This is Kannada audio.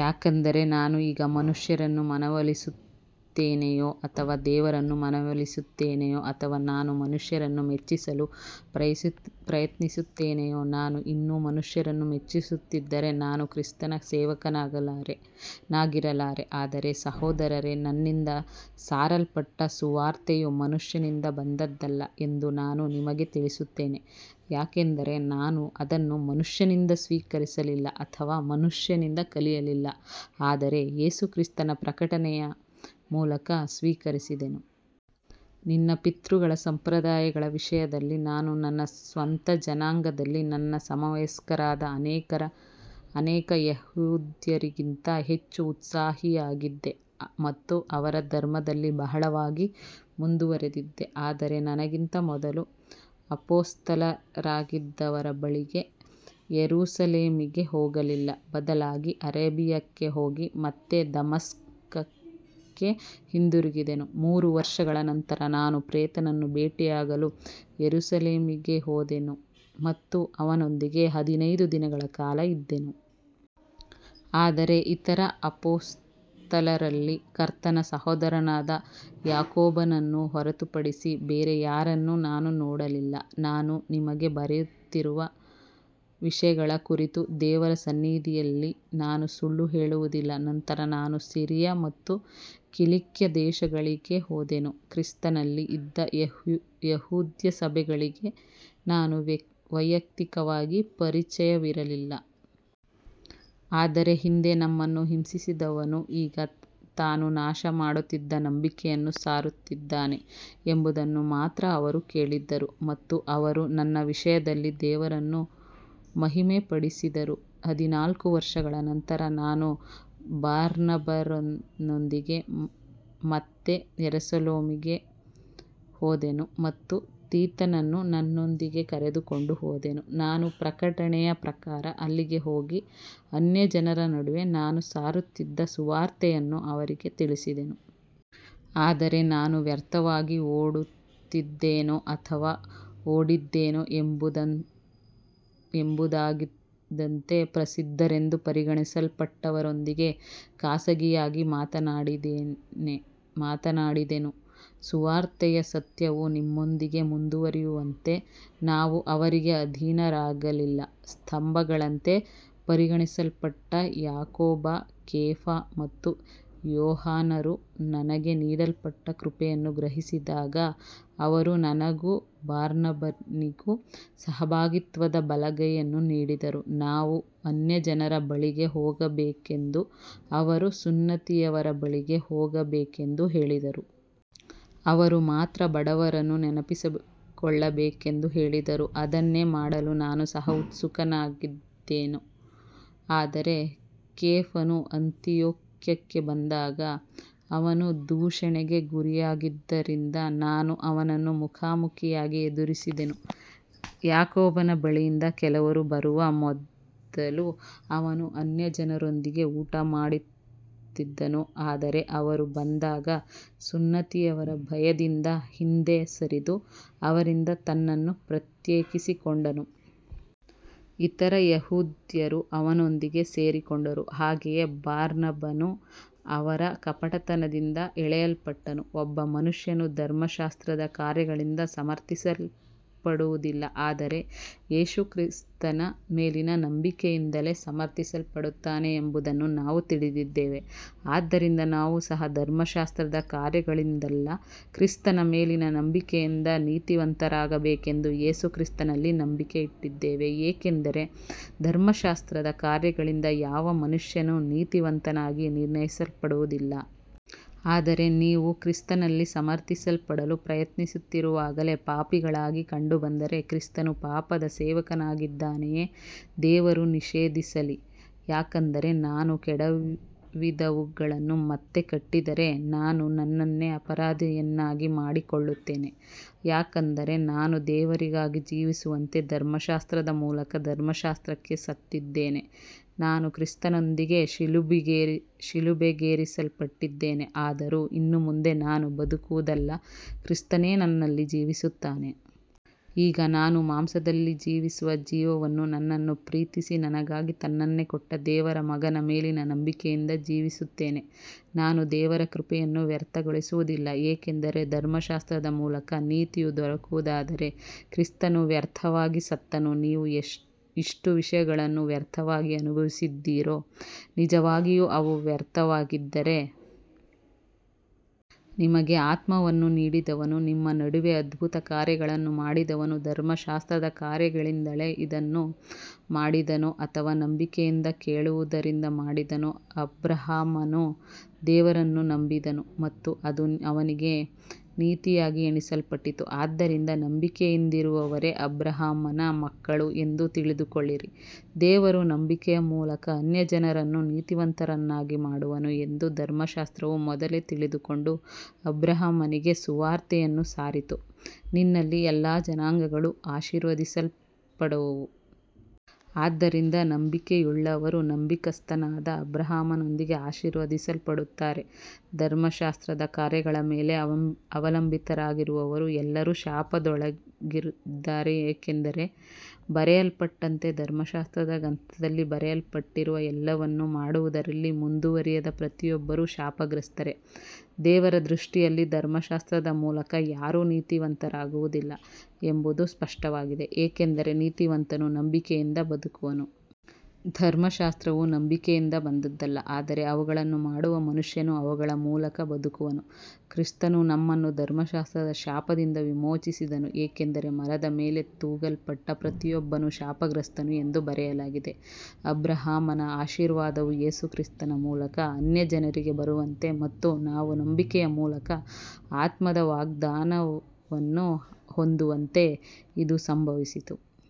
ಯಾಕಂದರೆ ನಾನು ಈಗ ಮನುಷ್ಯರನ್ನು ಮನವೊಲಿಸುತ್ತೇನೆಯೋ ಅಥವಾ ದೇವರನ್ನು ಮನವೊಲಿಸುತ್ತೇನೆಯೋ, ಅಥವಾ ನಾನು ಮನುಷ್ಯರನ್ನು ಮೆಚ್ಚಿಸಲು ಪ್ರಯತ್ನಿಸುತ್ತೇನೆಯೋ, ನಾನು ಇನ್ನೂ ಮನುಷ್ಯರನ್ನು ಮೆಚ್ಚಿಸುತ್ತಿದ್ದರೆ ನಾನು ಕ್ರಿಸ್ತನ ಸೇವಕನಾಗಿರಲಾರೆ. ಆದರೆ ಸಹೋದರರೇ, ನನ್ನಿಂದ ಸಾರಲ್ಪಟ್ಟ ಸುವಾರ್ತೆಯು ಮನುಷ್ಯನಿಂದ ಬಂದದ್ದಲ್ಲ ಎಂದು ನಾನು ನಿಮಗೆ ತಿಳಿಸುತ್ತೇನೆ. ಯಾಕಂದರೆ ನಾನು ಅದನ್ನು ಮನುಷ್ಯನಿಂದ ಸ್ವೀಕರಿಸಲಿಲ್ಲ, ಅಥವಾ ಮನುಷ್ಯನಿಂದ ಕಲಿಯಲಿಲ್ಲ, ಆದರೆ ಯೇಸು ಕ್ರಿಸ್ತನ ಪ್ರಕಟನೆಯ ಮೂಲಕ ಸ್ವೀಕರಿಸಿದೆನು. ನನ್ನ ಪಿತೃಗಳ ಸಂಪ್ರದಾಯಗಳ ವಿಷಯದಲ್ಲಿ ನಾನು ನನ್ನ ಸ್ವಂತ ಜನಾಂಗದಲ್ಲಿ ನನ್ನ ಸಮವಯಸ್ಕರಾದ ಅನೇಕ ಯೆಹೂದ್ಯರಿಗಿಂತ ಹೆಚ್ಚು ಉತ್ಸಾಹಿಯಾಗಿದ್ದೆ ಮತ್ತು ಅವರ ಧರ್ಮದಲ್ಲಿ ಬಹಳವಾಗಿ ಮುಂದುವರಿದಿದ್ದೆ. ಆದರೆ ನನಗಿಂತ ಮೊದಲು ಅಪೊಸ್ತಲರಾಗಿದ್ದವರ ಬಳಿಗೆ ಯೆರೂಸಲೇಮಿಗೆ ಹೋಗಲಿಲ್ಲ, ಬದಲಾಗಿ ಅರೇಬಿಯಾಕ್ಕೆ ಹೋಗಿ ಮತ್ತೆ ದಮಸ್ಕಕ್ಕೆ ಹಿಂದಿರುಗಿದೆನು. ಮೂರು ವರ್ಷಗಳ ನಂತರ ನಾನು ಪೇತ್ರನನ್ನು ಭೇಟಿಯಾಗಲು ಯೆರೂಸಲೇಮಿಗೆ ಹೋದೆನು ಮತ್ತು ಅವನೊಂದಿಗೆ ಹದಿನೈದು ದಿನಗಳ ಕಾಲ ಇದ್ದೆನು. ಆದರೆ ಇತರ ಅಪೊಸ್ತಲರಲ್ಲಿ ಕರ್ತನ ಸಹೋದರನಾದ ಯಾಕೋಬನನ್ನು ಹೊರತುಪಡಿಸಿ ಬೇರೆ ಯಾರನ್ನೂ ನಾನು ನೋಡಲಿಲ್ಲ. ನಾನು ನಿಮಗೆ ಬರೆಯುತ್ತಿರುವ ವಿಷಯಗಳ ಕುರಿತು ದೇವರ ಸನ್ನಿಧಿಯಲ್ಲಿ ನಾನು ಸುಳ್ಳು ಹೇಳುವುದಿಲ್ಲ. ನಂತರ ನಾನು ಸಿರಿಯ ಮತ್ತು ಕಿಲಿಕ್ಯ ದೇಶಗಳಿಗೆ ಹೋದೆನು. ಕ್ರಿಸ್ತನಲ್ಲಿ ಇದ್ದ ಯೆಹೂದ್ಯ ಸಭೆಗಳಿಗೆ ನಾನು ವೈಯಕ್ತಿಕವಾಗಿ ಪರಿಚಯವಿರಲಿಲ್ಲ. ಆದರೆ ಹಿಂದೆ ನಮ್ಮನ್ನು ಹಿಂಸಿಸಿದವನು ಈಗ ತಾನು ನಾಶಮಾಡುತ್ತಿದ್ದ ನಂಬಿಕೆಯನ್ನು ಸಾರುತ್ತಿದ್ದಾನೆ ಎಂಬುದನ್ನು ಮಾತ್ರ ಅವರು ಕೇಳಿದ್ದರು. ಮತ್ತು ಅವರು ನನ್ನ ವಿಷಯದಲ್ಲಿ ದೇವರನ್ನು ಮಹಿಮೆಪಡಿಸಿದರು. ಹದಿನಾಲ್ಕು ವರ್ಷಗಳ ನಂತರ ನಾನು ಬಾರ್ನಬನೊಂದಿಗೆ ಮತ್ತೆ ಯೆರೂಸಲೇಮಿಗೆ ಹೋದೆನು ಮತ್ತು ತೀತನನ್ನೂ ನನ್ನೊಂದಿಗೆ ಕರೆದುಕೊಂಡು ಹೋದೆನು. ನಾನು ಪ್ರಕಟಣೆಯ ಪ್ರಕಾರ ಅಲ್ಲಿಗೆ ಹೋಗಿ, ಅನ್ಯಜನರ ನಡುವೆ ನಾನು ಸಾರುತ್ತಿದ್ದ ಸುವಾರ್ತೆಯನ್ನು ಅವರಿಗೆ ತಿಳಿಸಿದೆನು. ಆದರೆ ನಾನು ವ್ಯರ್ಥವಾಗಿ ಓಡುತ್ತಿದ್ದೇನೋ ಅಥವಾ ಓಡಿದ್ದೇನೋ ಎಂಬುದಾಗದಂತೆ, ಪ್ರಸಿದ್ಧರೆಂದು ಪರಿಗಣಿಸಲ್ಪಟ್ಟವರೊಂದಿಗೆ ಖಾಸಗಿಯಾಗಿ ಮಾತನಾಡಿದೆನು. ಸುವಾರ್ತೆಯ ಸತ್ಯವು ನಿಮ್ಮೊಂದಿಗೆ ಮುಂದುವರಿಯುವಂತೆ ನಾವು ಅವರಿಗೆ ಅಧೀನರಾಗಲಿಲ್ಲ. ಸ್ತಂಭಗಳಂತೆ ಪರಿಗಣಿಸಲ್ಪಟ್ಟ ಯಾಕೋಬ, ಕೇಫ ಮತ್ತು ಯೋಹಾನರು ನನಗೆ ನೀಡಲ್ಪಟ್ಟ ಕೃಪೆಯನ್ನು ಗ್ರಹಿಸಿದಾಗ, ಅವರು ನನಗೂ ಬಾರ್ನಬನಿಗೂ ಸಹಭಾಗಿತ್ವದ ಬಲಗೈಯನ್ನು ನೀಡಿದರು, ನಾವು ಅನ್ಯಜನರ ಬಳಿಗೆ ಹೋಗಬೇಕೆಂದೂ ಅವರು ಸುನ್ನತಿಯವರ ಬಳಿಗೆ ಹೋಗಬೇಕೆಂದೂ ಹೇಳಿದರು. ಅವರು ಮಾತ್ರ ಬಡವರನ್ನು ನೆನಪಿಸಿಕೊಳ್ಳಬೇಕೆಂದು ಹೇಳಿದರು, ಅದನ್ನೇ ಮಾಡಲು ನಾನು ಸಹ ಉತ್ಸುಕನಾಗಿದ್ದೆನು. ಆದರೆ ಕೇಫನು ಅಂತಿಯೋಕ್ಯಕ್ಕೆ ಬಂದಾಗ ಅವನು ದೂಷಣೆಗೆ ಗುರಿಯಾಗಿದ್ದರಿಂದ ನಾನು ಅವನನ್ನು ಮುಖಾಮುಖಿಯಾಗಿ ಎದುರಿಸಿದೆನು. ಯಾಕೋಬನ ಬಳಿಯಿಂದ ಕೆಲವರು ಬರುವ ಮೊದಲು ಅವನು ಅನ್ಯಜನರೊಂದಿಗೆ ಊಟಮಾಡುತ್ತಿದ್ದನು, ಆದರೆ ಅವರು ಬಂದಾಗ ಸುನ್ನತಿಯವರ ಭಯದಿಂದ ಹಿಂದೆ ಸರಿದು ಅವರಿಂದ ತನ್ನನ್ನು ಪ್ರತ್ಯೇಕಿಸಿಕೊಂಡನು. ಇತರ ಯೆಹೂದ್ಯರೂ ಅವನೊಂದಿಗೆ ಸೇರಿಕೊಂಡರು, ಹಾಗೆಯೇ ಬಾರ್ನಬನೂ ಅವರ ಕಪಟತನದಿಂದ ಎಳೆಯಲ್ಪಟ್ಟನು. ಒಬ್ಬ ಮನುಷ್ಯನು ಧರ್ಮಶಾಸ್ತ್ರದ ಕಾರ್ಯಗಳಿಂದ ಸಮರ್ಥಿಸಲ್ಪಡುವುದಿಲ್ಲ, ಆದರೆ ಯೇಸು ಕ್ರಿಸ್ತನ ಮೇಲಿನ ನಂಬಿಕೆಯಿಂದಲೇ ಸಮರ್ಥಿಸಲ್ಪಡುತ್ತಾನೆ ಎಂಬುದನ್ನು ನಾವು ತಿಳಿದಿದ್ದೇವೆ. ಆದ್ದರಿಂದ ನಾವು ಸಹ ಧರ್ಮಶಾಸ್ತ್ರದ ಕಾರ್ಯಗಳಿಂದಲ್ಲ, ಕ್ರಿಸ್ತನ ಮೇಲಿನ ನಂಬಿಕೆಯಿಂದ ನೀತಿವಂತರಾಗಬೇಕೆಂದು ಯೇಸು ಕ್ರಿಸ್ತನಲ್ಲಿ ನಂಬಿಕೆ ಇಟ್ಟಿದ್ದೇವೆ, ಏಕೆಂದರೆ ಧರ್ಮಶಾಸ್ತ್ರದ ಕಾರ್ಯಗಳಿಂದ ಯಾವ ಮನುಷ್ಯನೂ ನೀತಿವಂತನಾಗಿ ನಿರ್ಣಯಿಸಲ್ಪಡುವುದಿಲ್ಲ. ಆದರೆ ನಾವು ಕ್ರಿಸ್ತನಲ್ಲಿ ಸಮರ್ಥಿಸಲ್ಪಡಲು ಪ್ರಯತ್ನಿಸುತ್ತಿರುವಾಗಲೇ ಪಾಪಿಗಳಾಗಿ ಕಂಡುಬಂದರೆ, ಕ್ರಿಸ್ತನು ಪಾಪದ ಸೇವಕನಾಗಿದ್ದಾನೆಯೇ, ದೇವರು ನಿಷೇಧಿಸಲಿ. ಯಾಕಂದರೆ ನಾನು ಕೆಡವಿದವುಗಳನ್ನು ಮತ್ತೆ ಕಟ್ಟಿದರೆ, ನಾನು ನನ್ನನ್ನೇ ಅಪರಾಧಿಯನ್ನಾಗಿ ಮಾಡಿಕೊಳ್ಳುತ್ತೇನೆ. ಯಾಕಂದರೆ ನಾನು ದೇವರಿಗಾಗಿ ಜೀವಿಸುವಂತೆ ಧರ್ಮಶಾಸ್ತ್ರದ ಮೂಲಕ ಧರ್ಮಶಾಸ್ತ್ರಕ್ಕೆ ಸತ್ತಿದ್ದೇನೆ. ನಾನು ಕ್ರಿಸ್ತನೊಂದಿಗೆ ಶಿಲುಬೆಗೇರಿಸಲ್ಪಟ್ಟಿದ್ದೇನೆ, ಆದರೂ ಇನ್ನು ಮುಂದೆ ನಾನು ಬದುಕುವುದಲ್ಲ, ಕ್ರಿಸ್ತನೇ ನನ್ನಲ್ಲಿ ಜೀವಿಸುತ್ತಾನೆ. ಈಗ ನಾನು ಮಾಂಸದಲ್ಲಿ ಜೀವಿಸುವ ಜೀವನವನ್ನು ನನ್ನನ್ನು ಪ್ರೀತಿಸಿ ನನಗಾಗಿ ತನ್ನನ್ನೇ ಕೊಟ್ಟ ದೇವರ ಮಗನ ಮೇಲಿನ ನಂಬಿಕೆಯಿಂದ ಜೀವಿಸುತ್ತೇನೆ. ನಾನು ದೇವರ ಕೃಪೆಯನ್ನು ವ್ಯರ್ಥಗೊಳಿಸುವುದಿಲ್ಲ, ಏಕೆಂದರೆ ಧರ್ಮಶಾಸ್ತ್ರದ ಮೂಲಕ ನೀತಿಯು ದೊರಕುವುದಾದರೆ ಕ್ರಿಸ್ತನು ವ್ಯರ್ಥವಾಗಿ ಸತ್ತನು. ನೀವು ಇಷ್ಟು ವಿಷಯಗಳನ್ನು ವ್ಯರ್ಥವಾಗಿ ಅನುಭವಿಸಿದ್ದೀರೋ, ನಿಜವಾಗಿಯೂ ಅವು ವ್ಯರ್ಥವಾಗಿದ್ದರೆ. ನಿಮಗೆ ಆತ್ಮವನ್ನು ನೀಡಿದವನೂ ನಿಮ್ಮ ನಡುವೆ ಅದ್ಭುತಕಾರ್ಯಗಳನ್ನು ಮಾಡಿದವನೂ ಧರ್ಮಶಾಸ್ತ್ರದ ಕಾರ್ಯಗಳಿಂದಲೇ ಇದನ್ನು ಮಾಡಿದನೋ ಅಥವಾ ನಂಬಿಕೆಯಿಂದ ಕೇಳುವುದರಿಂದ ಮಾಡಿದನೋ. ಅಬ್ರಹಾಮನು ದೇವರನ್ನು ನಂಬಿದನು ಮತ್ತು ಅದು ಅವನಿಗೆ ನೀತಿಯಾಗಿ ಎಣಿಸಲ್ಪಟ್ಟಿತು. ಆದ್ದರಿಂದ ನಂಬಿಕೆಯಿಂದಿರುವವರೇ ಅಬ್ರಹಾಮನ ಮಕ್ಕಳು ಎಂದು ತಿಳಿದುಕೊಳ್ಳಿರಿ. ದೇವರು ನಂಬಿಕೆಯ ಮೂಲಕ ಅನ್ಯಜನರನ್ನು ನೀತಿವಂತರನ್ನಾಗಿ ಮಾಡುವನು ಎಂದು ಧರ್ಮಶಾಸ್ತ್ರವು ಮೊದಲೇ ತಿಳಿದುಕೊಂಡು ಅಬ್ರಹಾಮನಿಗೆ ಸುವಾರ್ತೆಯನ್ನು ಸಾರಿತು, ನಿನ್ನಲ್ಲಿ ಎಲ್ಲಾ ಜನಾಂಗಗಳೂ ಆಶೀರ್ವದಿಸಲ್ಪಡುವವು. ಆದ್ದರಿಂದ ನಂಬಿಕೆಯುಳ್ಳವರು ನಂಬಿಗಸ್ತನಾದ ಅಬ್ರಹಾಮನೊಂದಿಗೆ ಆಶೀರ್ವದಿಸಲ್ಪಡುತ್ತಾರೆ. ಧರ್ಮಶಾಸ್ತ್ರದ ಕಾರ್ಯಗಳ ಮೇಲೆ ಅವಲಂಬಿತರಾಗಿರುವವರು ಎಲ್ಲರೂ ಶಾಪದೊಳಗಿದ್ದಾರೆ, ಏಕೆಂದರೆ ಬರೆಯಲ್ಪಟ್ಟಂತೆ, ಧರ್ಮಶಾಸ್ತ್ರದ ಗ್ರಂಥದಲ್ಲಿ ಬರೆಯಲ್ಪಟ್ಟಿರುವ ಎಲ್ಲವನ್ನೂ ಮಾಡುವುದರಲ್ಲಿ ಮುಂದುವರಿಯದ ಪ್ರತಿಯೊಬ್ಬರೂ ಶಾಪಗ್ರಸ್ತರು. ದೇವರ ದೃಷ್ಟಿಯಲ್ಲಿ ಧರ್ಮಶಾಸ್ತ್ರದ ಮೂಲಕ ಯಾರೂ ನೀತಿವಂತರಾಗುವುದಿಲ್ಲ ಎಂಬುದು ಸ್ಪಷ್ಟವಾಗಿದೆ, ಏಕೆಂದರೆ ನೀತಿವಂತನು ನಂಬಿಕೆಯಿಂದ ಬದುಕುವನು. ಧರ್ಮಶಾಸ್ತ್ರವು ನಂಬಿಕೆಯಿಂದ ಬಂದದ್ದಲ್ಲ, ಆದರೆ ಅವುಗಳನ್ನು ಮಾಡುವ ಮನುಷ್ಯನು ಅವುಗಳ ಮೂಲಕ ಬದುಕುವನು. ಕ್ರಿಸ್ತನು ನಮ್ಮನ್ನು ಧರ್ಮಶಾಸ್ತ್ರದ ಶಾಪದಿಂದ ವಿಮೋಚಿಸಿದನು, ಏಕೆಂದರೆ ಮರದ ಮೇಲೆ ತೂಗಲ್ಪಟ್ಟ ಪ್ರತಿಯೊಬ್ಬನೂ ಶಾಪಗ್ರಸ್ತನು ಎಂದು ಬರೆಯಲಾಗಿದೆ. ಅಬ್ರಹಾಮನ ಆಶೀರ್ವಾದವು ಯೇಸು ಕ್ರಿಸ್ತನ ಮೂಲಕ ಅನ್ಯಜನರಿಗೆ ಬರುವಂತೆ ಮತ್ತು ನಾವು ನಂಬಿಕೆಯ ಮೂಲಕ ಆತ್ಮದ ವಾಗ್ದಾನವನ್ನು ಹೊಂದುವಂತೆ ಇದು ಸಂಭವಿಸಿತು.